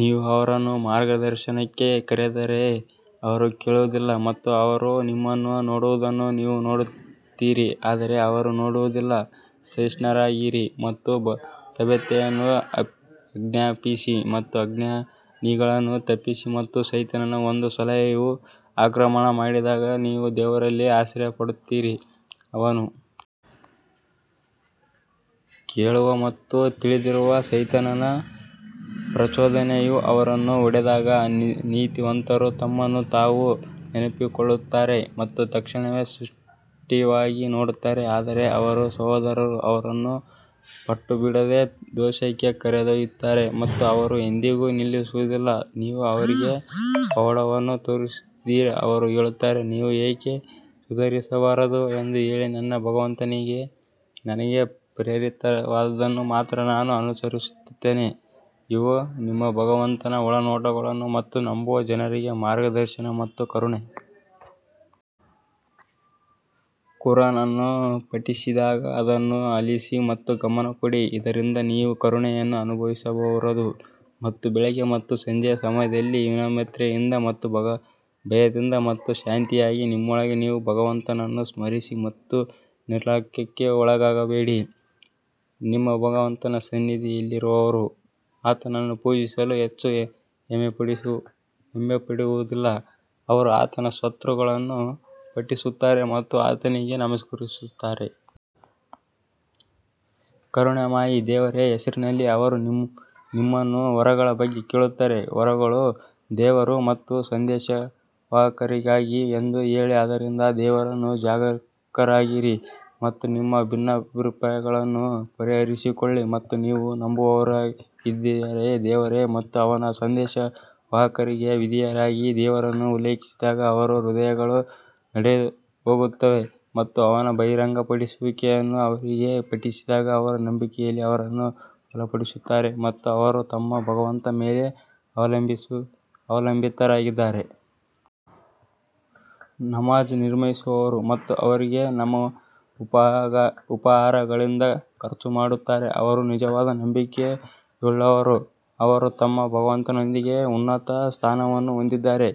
ನೀವು ಅವರನ್ನು ಮಾರ್ಗದರ್ಶನಕ್ಕೆ ಕರೆದರೆ ಅವರು ಕೇಳುವುದಿಲ್ಲ ಮತ್ತು ಅವರು ನಿಮ್ಮನ್ನು ನೋಡುವುದನ್ನು ನೀವು ನೋಡುತ್ತೀರಿ ಆದರೆ ಅವರು ನೋಡುವುದಿಲ್ಲ ಸಹಿಷ್ಣುರಾಗಿರಿ ಮತ್ತು ಸಭ್ಯತೆಯನ್ನು ಆಜ್ಞಾಪಿಸಿ ಮತ್ತು ಅಜ್ಞಾನಿಗಳನ್ನು ತಪ್ಪಿಸಿ ಮತ್ತು ಸೈತಾನನ ಒಂದು ಸಲಹೆಯು ಆಕ್ರಮಣ ಮಾಡಿದಾಗ ನೀವು ದೇವರಲ್ಲಿ ಆಶ್ರಯ ಪಡೆಯುತ್ತೀರಿ ಅವನು ಕೇಳುವ ಮತ್ತು ತಿಳಿದಿರುವ ಸೈತಾನನ ಪ್ರಚೋದನೆಯು ಅವರನ್ನು ಹೊಡೆದಾಗ ನೀತಿವಂತರು ತಮ್ಮನ್ನು ತಾವು ನೆನಪಿಸಿಕೊಳ್ಳುತ್ತಾರೆ ಮತ್ತು ತಕ್ಷಣವೇ ಸ್ಪಷ್ಟವಾಗಿ ನೋಡುತ್ತಾರೆ ಆದರೆ ಅವರ ಸಹೋದರರು ಅವರನ್ನು ಪಟ್ಟುಬಿಡದೆ ದೋಷಕ್ಕೆ ಕರೆದೊಯ್ಯುತ್ತಾರೆ ಮತ್ತು ಅವರು ಎಂದಿಗೂ ನಿಲ್ಲಿಸುವುದಿಲ್ಲ ನೀವು ಅವರಿಗೆ ಪವಾಡವನ್ನು ತೋರಿಸದಿದ್ದರೆ ಅವರು ಹೇಳುತ್ತಾರೆ, ನೀವು ಏಕೆ ಸುಧಾರಿಸಬಾರದು ಎಂದು ಹೇಳಿ, ನನ್ನ ಭಗವಂತನಿಂದ ನನಗೆ ಪ್ರೇರಿತವಾದದ್ದನ್ನು ಮಾತ್ರ ನಾನು ಅನುಸರಿಸುತ್ತೇನೆ, ಇವು ನಿಮ್ಮ ಭಗವಂತನ ಒಳನೋಟಗಳು ಮತ್ತು ನಂಬುವ ಜನರಿಗೆ ಮಾರ್ಗದರ್ಶನ ಮತ್ತು ಕರುಣೆ. ಕುರಾನ್ ಅನ್ನು ಪಠಿಸಿದಾಗ ಅದನ್ನು ಆಲಿಸಿ ಮತ್ತು ಗಮನ ಕೊಡಿ ಇದರಿಂದ ನೀವು ಕರುಣೆಯನ್ನು ಅನುಭವಿಸಬಹುದು ಮತ್ತು ಬೆಳಿಗ್ಗೆ ಮತ್ತು ಸಂಜೆಯ ಸಮಯದಲ್ಲಿ ವಿನಮ್ರತೆಯಿಂದ ಮತ್ತು ಭಯದಿಂದ ಮತ್ತು ಶಾಂತವಾಗಿ ನಿಮ್ಮೊಳಗೆ ನಿಮ್ಮ ಭಗವಂತನನ್ನು ಸ್ಮರಿಸಿ ಮತ್ತು ನಿರ್ಲಕ್ಷ್ಯಕ್ಕೆ ಒಳಗಾಗಬೇಡಿ ನಿಮ್ಮ ಭಗವಂತನ ಸನ್ನಿಧಿಯಲ್ಲಿರುವವರು ಆತನನ್ನು ಪೂಜಿಸಲು ಹೆಚ್ಚು ಹೆಮ್ಮೆಪಡುವುದಿಲ್ಲ ಅವರು ಆತನ ಸ್ತೋತ್ರಗಳನ್ನು ಪಠಿಸುತ್ತಾರೆ ಮತ್ತು ಆತನಿಗೆ ನಮಸ್ಕರಿಸುತ್ತಾರೆ. ಕರುಣಾಮಯಿ ದೇವರ ಹೆಸರಿನಲ್ಲಿ ಅವರು ನಿಮ್ಮನ್ನು ವರಗಳ ಬಗ್ಗೆ ಕೇಳುತ್ತಾರೆ, ವರಗಳು ದೇವರು ಮತ್ತು ಸಂದೇಶವಾಹಕರಿಗಾಗಿ ಎಂದು ಹೇಳಿ ಆದ್ದರಿಂದ ದೇವರನ್ನು ಜಾಗರೂಕರಾಗಿರಿ ಮತ್ತು ನಿಮ್ಮ ಭಿನ್ನಾಭಿಪ್ರಾಯಗಳನ್ನು ಪರಿಹರಿಸಿಕೊಳ್ಳಿ ಮತ್ತು ನೀವು ನಂಬುವವರಾಗಿದ್ದರೆ ದೇವರು ಮತ್ತು ಅವನ ಸಂದೇಶವಾಹಕರಿಗೆ ವಿಧೇಯರಾಗಿರಿ. ದೇವರನ್ನು ಉಲ್ಲೇಖಿಸಿದಾಗ ಅವರ ಹೃದಯಗಳು ನಡುಗುತ್ತವೆ ಮತ್ತು ಅವನ ಬಹಿರಂಗಪಡಿಸುವಿಕೆಯನ್ನು ಅವರಿಗೆ ಪಠಿಸಿದಾಗ ಅವರು ನಂಬಿಕೆಯಲ್ಲಿ ಅವರನ್ನು ಬಲಪಡಿಸುತ್ತಾರೆ ಮತ್ತು ಅವರು ತಮ್ಮ ಭಗವಂತನ ಮೇಲೆ ಅವಲಂಬಿತರಾಗಿದ್ದಾರೆ. ನಮಾಝ್ ನಿರ್ವಹಿಸುವವರು ಮತ್ತು ಅವರಿಗೆ ನಮ್ಮ ಉಪಹಾರಗಳಿಂದ ಖರ್ಚು ಮಾಡುತ್ತಾರೆ ಇವರು ನಿಜವಾದ ನಂಬಿಕೆಯುಳ್ಳವರು, ಅವರು ತಮ್ಮ ಭಗವಂತನೊಂದಿಗೆ ಉನ್ನತ ಸ್ಥಾನವನ್ನು ಹೊಂದಿದ್ದಾರೆ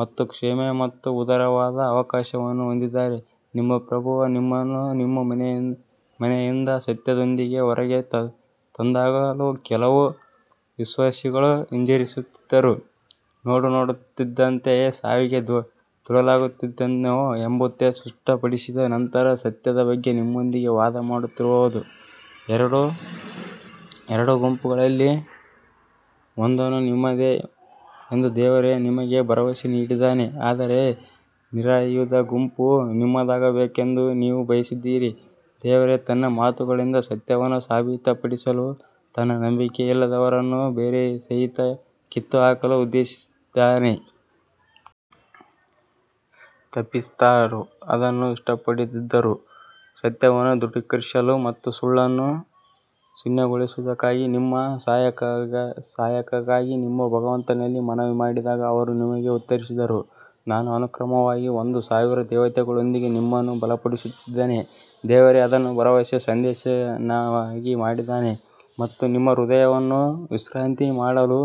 ಮತ್ತು ಕ್ಷಮೆ ಮತ್ತು ಉದಾರವಾದ ಅವಕಾಶವನ್ನು ಹೊಂದಿದ್ದಾರೆ ನಿಮ್ಮ ಪ್ರಭುವು ನಿಮ್ಮನ್ನು ನಿಮ್ಮ ಮನೆಯಿಂದ ಸತ್ಯದೊಂದಿಗೆ ಹೊರಗೆ ತಂದಾಗಲೂ ಕೆಲವು ವಿಶ್ವಾಸಿಗಳು ಹಿಂಜರಿಯುತ್ತಿದ್ದರು ನೋಡನೋಡುತ್ತಿದ್ದಂತೆಯೇ ಸಾವಿಗೆ ದೂಡಲಾಗುತ್ತಿದೆಯೇನೋ ಎಂಬಂತೆ ಸ್ಪಷ್ಟ ಪಡಿಸಿದ ನಂತರ ಸತ್ಯದ ಬಗ್ಗೆ ನಿಮ್ಮೊಂದಿಗೆ ವಾದ ಮಾಡುತ್ತಿರುವುದು ಎರಡು ಗುಂಪುಗಳಲ್ಲಿ ಒಂದನ್ನು ನಿಮ್ಮದೇ ಎಂದು ದೇವರು ನಿಮಗೆ ಭರವಸೆ ನೀಡಿದ್ದಾನೆ ಆದರೆ ನಿರಾಯುಧ ಗುಂಪು ನಿಮ್ಮದಾಗಬೇಕೆಂದು ನೀವು ಬಯಸಿದ್ದೀರಿ, ದೇವರು ತನ್ನ ಮಾತುಗಳಿಂದ ಸತ್ಯವನ್ನು ಸಾಬೀತುಪಡಿಸಲು ಮತ್ತು ನಂಬಿಕೆಯಿಲ್ಲದವರನ್ನು ಬೇರುಸಹಿತ ಕಿತ್ತುಹಾಕಲು ಉದ್ದೇಶಿಸಿದ್ದಾನೆ. ತಪ್ಪಿತಸ್ಥರು ಅದನ್ನು ಇಷ್ಟಪಡದಿದ್ದರೂ ಸತ್ಯವನ್ನು ದೃಢೀಕರಿಸಲು ಮತ್ತು ಸುಳ್ಳನ್ನು ಶೂನ್ಯಗೊಳಿಸುವುದಕ್ಕಾಗಿ ನೀವು ಸಹಾಯಕ್ಕಾಗಿ ನಿಮ್ಮ ಭಗವಂತನಲ್ಲಿ ಮನವಿ ಮಾಡಿದಾಗ ಅವರು ನಿಮಗೆ ಉತ್ತರಿಸಿದರು ನಾನು ಅನುಕ್ರಮವಾಗಿ ಒಂದು ಸಾವಿರ ದೇವತೆಗಳೊಂದಿಗೆ ನಿಮ್ಮನ್ನು ಬಲಪಡಿಸುತ್ತಿದ್ದೇನೆ ದೇವರು ಅದನ್ನು ಭರವಸೆಯ ಸಂದೇಶವನ್ನಾಗಿ ಮಾಡಿದ್ದಾನೆ ಮತ್ತು ನಿಮ್ಮ ಹೃದಯವನ್ನು ವಿಶ್ರಾಂತಿ ಮಾಡಲು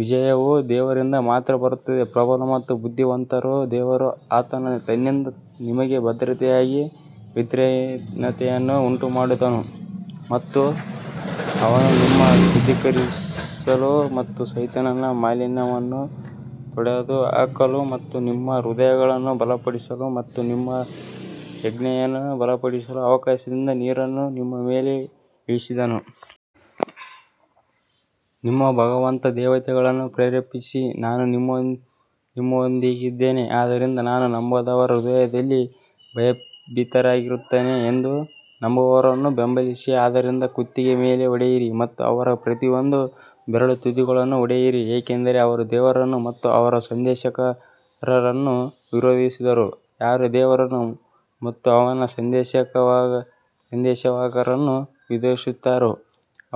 ವಿಜಯವು ದೇವರಿಂದ ಮಾತ್ರ ಬರುತ್ತದೆ ಪ್ರಬಲ ಮತ್ತು ಬುದ್ಧಿವಂತ ದೇವರು ಆತನು ತನ್ನಿಂದ ನಿಮಗೆ ಭದ್ರತೆಯಾಗಿ ನಿದ್ರಾಹೀನತೆಯನ್ನು ಉಂಟುಮಾಡಿದನು ಮತ್ತು ಅವನು ನಿಮ್ಮನ್ನು ಶುದ್ಧೀಕರಿಸಲು ಮತ್ತು ಸೈತಾನನ ಮಾಲಿನ್ಯವನ್ನು ತೊಡೆದುಹಾಕಲು ಮತ್ತು ನಿಮ್ಮ ಹೃದಯಗಳನ್ನು ಬಲಪಡಿಸಲು ಮತ್ತು ನಿಮ್ಮ ಹೆಜ್ಜೆಯನ್ನು ಬಲಪಡಿಸಲು ಆಕಾಶದಿಂದ ನೀರನ್ನು ನಿಮ್ಮ ಮೇಲೆ ಇಳಿಸಿದನು. ನಿಮ್ಮ ಭಗವಂತ ದೇವತೆಗಳನ್ನು ಪ್ರೇರೇಪಿಸಿ, ನಾನು ನಿಮ್ಮೊಂದಿಗಿದ್ದೇನೆ ಆದ್ದರಿಂದ ನಾನು ನಂಬದವರ ಹೃದಯದಲ್ಲಿ ಭಯಭೀತರಾಗುತ್ತೇನೆ ಎಂದು ನಂಬುವವರನ್ನು ಬೆಂಬಲಿಸಿ ಆದ್ದರಿಂದ ಕುತ್ತಿಗೆಯ ಮೇಲೆ ಹೊಡೆಯಿರಿ ಮತ್ತು ಅವರ ಪ್ರತಿಯೊಂದು ಬೆರಳ ತುದಿಯನ್ನು ಹೊಡೆಯಿರಿ ಏಕೆಂದರೆ ಅವರು ದೇವರನ್ನು ಮತ್ತು ಅವನ ಸಂದೇಶವಾಹಕರನ್ನು ವಿರೋಧಿಸಿದರು, ಯಾರು ದೇವರನ್ನು ಮತ್ತು ಅವನ ಸಂದೇಶವಾಹಕರನ್ನು ವಿರೋಧಿಸುತ್ತಾರೋ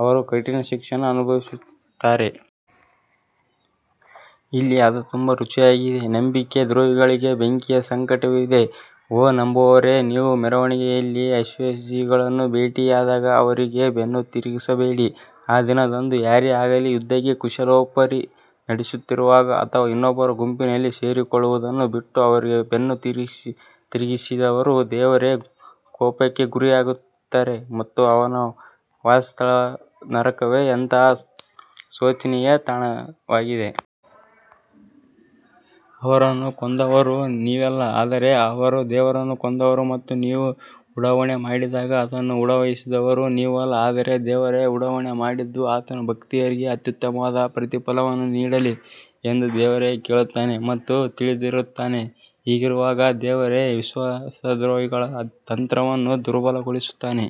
ಅವರು ಕಠಿಣ ಶಿಕ್ಷೆಯನ್ನು ಅನುಭವಿಸುತ್ತಾರೆ. ಇಲ್ಲಿ ಅದು ತುಂಬಾ ರುಚಿಯಾಗಿದೆ ನಂಬಿಕೆ ದ್ರೋಹಿಗಳಿಗೆ ಬೆಂಕಿಯ ಸಂಕಟವಿದೆ ಓ ನಂಬುವವರೇ ನೀವು ಮೆರವಣಿಗೆಯಲ್ಲಿ ಅವಿಶ್ವಾಸಿಗಳನ್ನು ಭೇಟಿಯಾದಾಗ ಅವರಿಗೆ ಬೆನ್ನು ತಿರುಗಿಸಬೇಡಿ ಆ ದಿನದಂದು ಯಾರೇ ಆಗಲಿ ಯುದ್ಧಕ್ಕೆ ಕುಶಲೋಪರಿ ನಡೆಸುತ್ತಿರುವಾಗ ಅಥವಾ ಇನ್ನೊಂದು ಗುಂಪಿನಲ್ಲಿ ಸೇರಿಕೊಳ್ಳುವುದನ್ನು ಬಿಟ್ಟು ಅವರಿಗೆ ಬೆನ್ನು ತಿರುಗಿಸಿದವರು ದೇವರ ಕೋಪಕ್ಕೆ ಗುರಿಯಾಗುತ್ತಾರೆ ಮತ್ತು ಅವನ ವಾಸಸ್ಥಳವು ನರಕವೇ ಎಂತಹ ಶೋಚನೀಯ ತಾಣವಾಗಿದೆ. ಅವರನ್ನು ಕೊಂದವರು ನೀವಲ್ಲ ಆದರೆ ದೇವರೇ ಅವರನ್ನು ಕೊಂದರು ಮತ್ತು ನೀವು ಉಡಾವಣೆ ಮಾಡಿದಾಗ ಅದನ್ನು ಉಡಾಯಿಸಿದವರು ನೀವಲ್ಲ ಆದರೆ ದೇವರೇ ಉಡಾವಣೆ ಮಾಡಿದ್ದು ಆತನು ಭಕ್ತರಿಗೆ ಅತ್ಯುತ್ತಮವಾದ ಪ್ರತಿಫಲವನ್ನು ನೀಡಲಿ ಎಂದು ದೇವರು ಕೇಳುತ್ತಾನೆ ಮತ್ತು ತಿಳಿದಿರುತ್ತಾನೆ ಹೀಗಿರುವಾಗ ದೇವರು ವಿಶ್ವಾಸದ್ರೋಹಿಗಳ ತಂತ್ರವನ್ನು ದುರ್ಬಲಗೊಳಿಸುತ್ತಾನೆ.